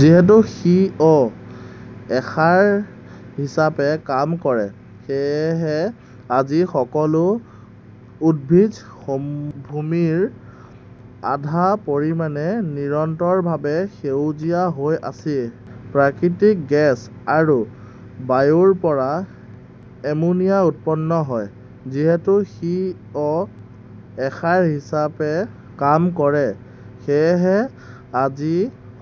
"যিহেতু C. O '. -এ সাৰ হিচাপে কাম কৰে, সেয়েহে আজি সকলো উদ্ভিজ্জ ভূমিৰ আধা পৰিমাণে নিৰন্তৰভাৱে সেউজীয়া হৈ আছে। প্ৰাকৃতিক গেছ আৰু বায়ুৰ পৰা এমোনিয়া উৎপন্ন হয়। "যিহেতু সি. অ '. -এ সাৰ হিচাপে কাম কৰে, সেয়েহে আজি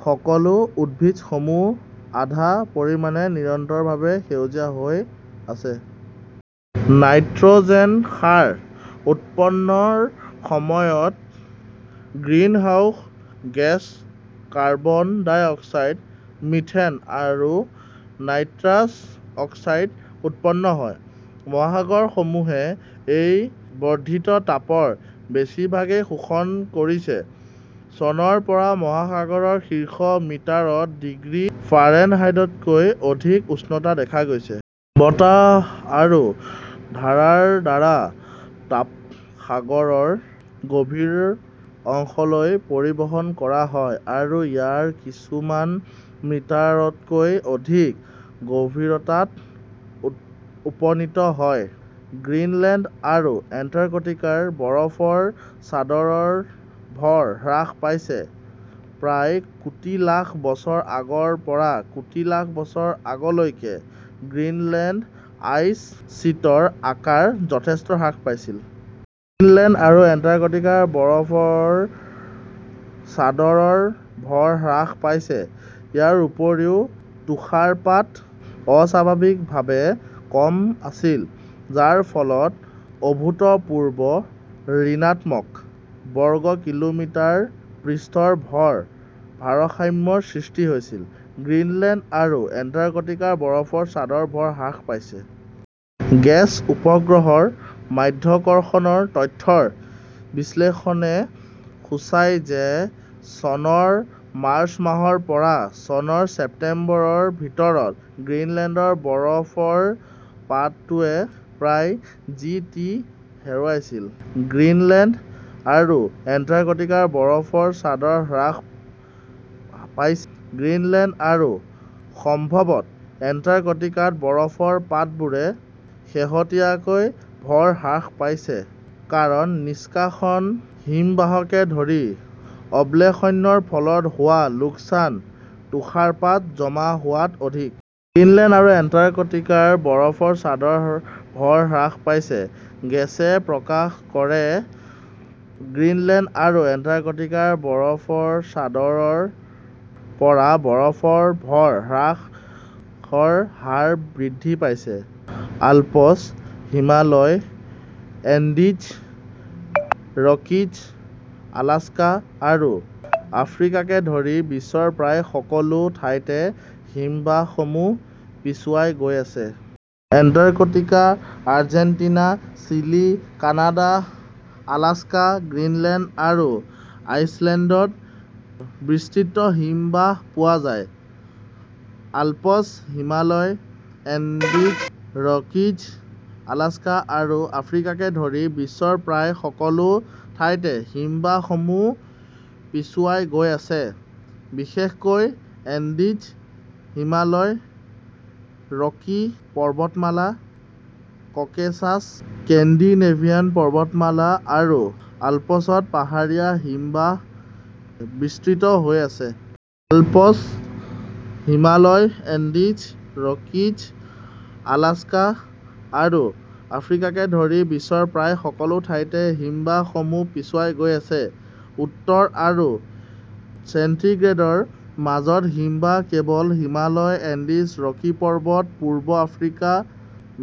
সকলো উদ্ভিজ্জ ভূমিৰ আধা পৰিমাণে নিৰন্তৰভাৱে সেউজীয়া হৈ আছে। নাইট্ৰ 'জেন সাৰ উৎপাদনৰ সময়ত greenhouse gas carbon dioxide, methane আৰু নাইট্ৰাছ অক্সাইড উৎপন্ন হয়। মহাসাগৰসমূহে এই বৰ্ধিত তাপৰ বেছিভাগেই শোষণ কৰিছে, চনৰ পৰা মহাসাগৰৰ শীৰ্ষ মিটাৰ ত ডিগ্ৰী ফাৰেনহাইটতকৈ অধিক উষ্ণতা দেখা গৈছে। বতাহ আৰু ধাৰাৰ দ্বাৰা তাপ সাগৰৰ গভীৰ অংশলৈ পৰিবহণ কৰা হয়, আৰু ইয়াৰ কিছুমান মিটাৰ তকৈ অধিক গভীৰতাত উপনীত হয়। গ্ৰীণলেণ্ড আৰু এণ্টাৰ্কটিকাৰ বৰফৰ চাদৰৰ ভৰ হ্ৰাস পাইছে। প্ৰায় কোটি লাখ বছৰ আগৰ পৰা কোটি লাখ বছৰ আগলৈকে গ্ৰীণলেণ্ড আইচ শ্বীটৰ আকাৰ যথেষ্ট হ্ৰাস পাইছিল। গ্ৰীণলেণ্ড আৰু এণ্টাৰ্কটিকাৰ বৰফৰ চাদৰৰ ভৰ হ্ৰাস পাইছে। ইয়াৰ উপৰিও তুষাৰপাত অস্বাভাৱিকভাৱে কম আছিল, যাৰ ফলত অভূতপূৰ্ব ঋণাত্মক − বৰ্গ কিলোমিটাৰ পৃষ্ঠ ভৰ ভাৰসাম্যৰ সৃষ্টি হৈছিল। গ্ৰীণলেণ্ড আৰু এণ্টাৰ্কটিকাৰ বৰফৰ চাদৰৰ ভৰ হ্ৰাস পাইছে। গ্ৰেচ উপগ্ৰহৰ মাধ্যাকৰ্ষণৰ তথ্যৰ বিশ্লেষণে সূচায় যে চনৰ মাৰ্চ মাহৰ পৰা চনৰ ছেপ্টেম্বৰৰ ভিতৰত গ্ৰীণলেণ্ডৰ বৰফৰ পাতটোৱে প্ৰায় জি. টি. হেৰুৱাইছিল। গ্ৰীণলেণ্ড আৰু এণ্টাৰ্কটিকাৰ বৰফৰ চাদৰৰ ভৰ হ্ৰাস পাইছে। গ্ৰীণলেণ্ড, আৰু সম্ভৱতঃ এণ্টাৰ্কটিকাত বৰফৰ পাতবোৰে শেহতীয়াকৈ ভৰ হ্ৰাস পাইছে, কাৰণ নিষ্কাশন হিমবাহকে ধৰি অব্লেশ্যনৰ ফলত হোৱা লোকচান তুষাৰপাত জমা হোৱাত অধিক। গ্ৰীণলেণ্ড আৰু এণ্টাৰ্কটিকাৰ বৰফৰ চাদৰৰ ভৰ হ্ৰাস পাইছে। "গ্ৰেচে প্ৰকাশ কৰা গ্ৰীণলেণ্ড আৰু এণ্টাৰ্কটিকাৰ বৰফৰ চাদৰৰ পৰা বৰফৰ ভৰ হ্ৰাসৰ হাৰ বৃদ্ধি পাইছে। " Alps, Himalaya, Andes, Rockies, Alaska আৰু আফ্ৰিকাকে ধৰি বিশ্বৰ প্ৰায় সকলো ঠাইতে হিমবাহসমূহ পিছুৱাই গৈ আছে। Antarctica, Argentina, Chile, Canada, Alaska, Greenland আৰু আইচলেণ্ডত বিস্তৃত হিমবাহ পোৱা যায়। Alps, Himalaya, Andes, Rockies, Alaska আৰু আফ্ৰিকাকে ধৰি বিশ্বৰ প্ৰায় সকলো ঠাইতে হিমবাহসমূহ পিছুৱাই গৈ আছে। বিশেষকৈ এণ্ডিজ, হিমালয়, ৰকি পৰ্বতমালা, ককেছাছ, স্কেন্ডিনেভিয়ান পৰ্বতমালা আৰু আল্পছত পাহাৰীয়া হিমবাহ বিস্তৃত হৈ আছে। Alps, Himalaya, Andes, Rockies, Alaska আৰু আফ্ৰিকাকে ধৰি বিশ্বৰ প্ৰায় সকলো ঠাইতে হিমবাহসমূহ পিছুৱাই গৈ আছে। উত্তৰ আৰু চেণ্টিগ্ৰেডৰ মাজত হিমবাহ কেৱল হিমালয়, এণ্ডিজ, ৰকি পৰ্বত, পূব আফ্ৰিকা,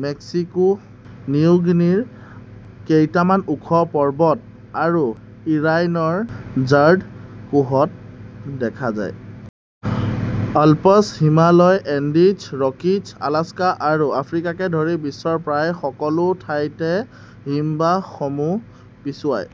মেক্সিকো, নিউ গিনিৰ কেইটামান ওখ পৰ্বত আৰু ইৰাণৰ জাৰ্ড কুহত দেখা যায়। Alps, Himalaya, Andes, Rockies, Alaska আৰু আফ্ৰিকাকে ধৰি বিশ্বৰ প্ৰায় সকলো ঠাইতে হিমবাহসমূহ পিছুৱাই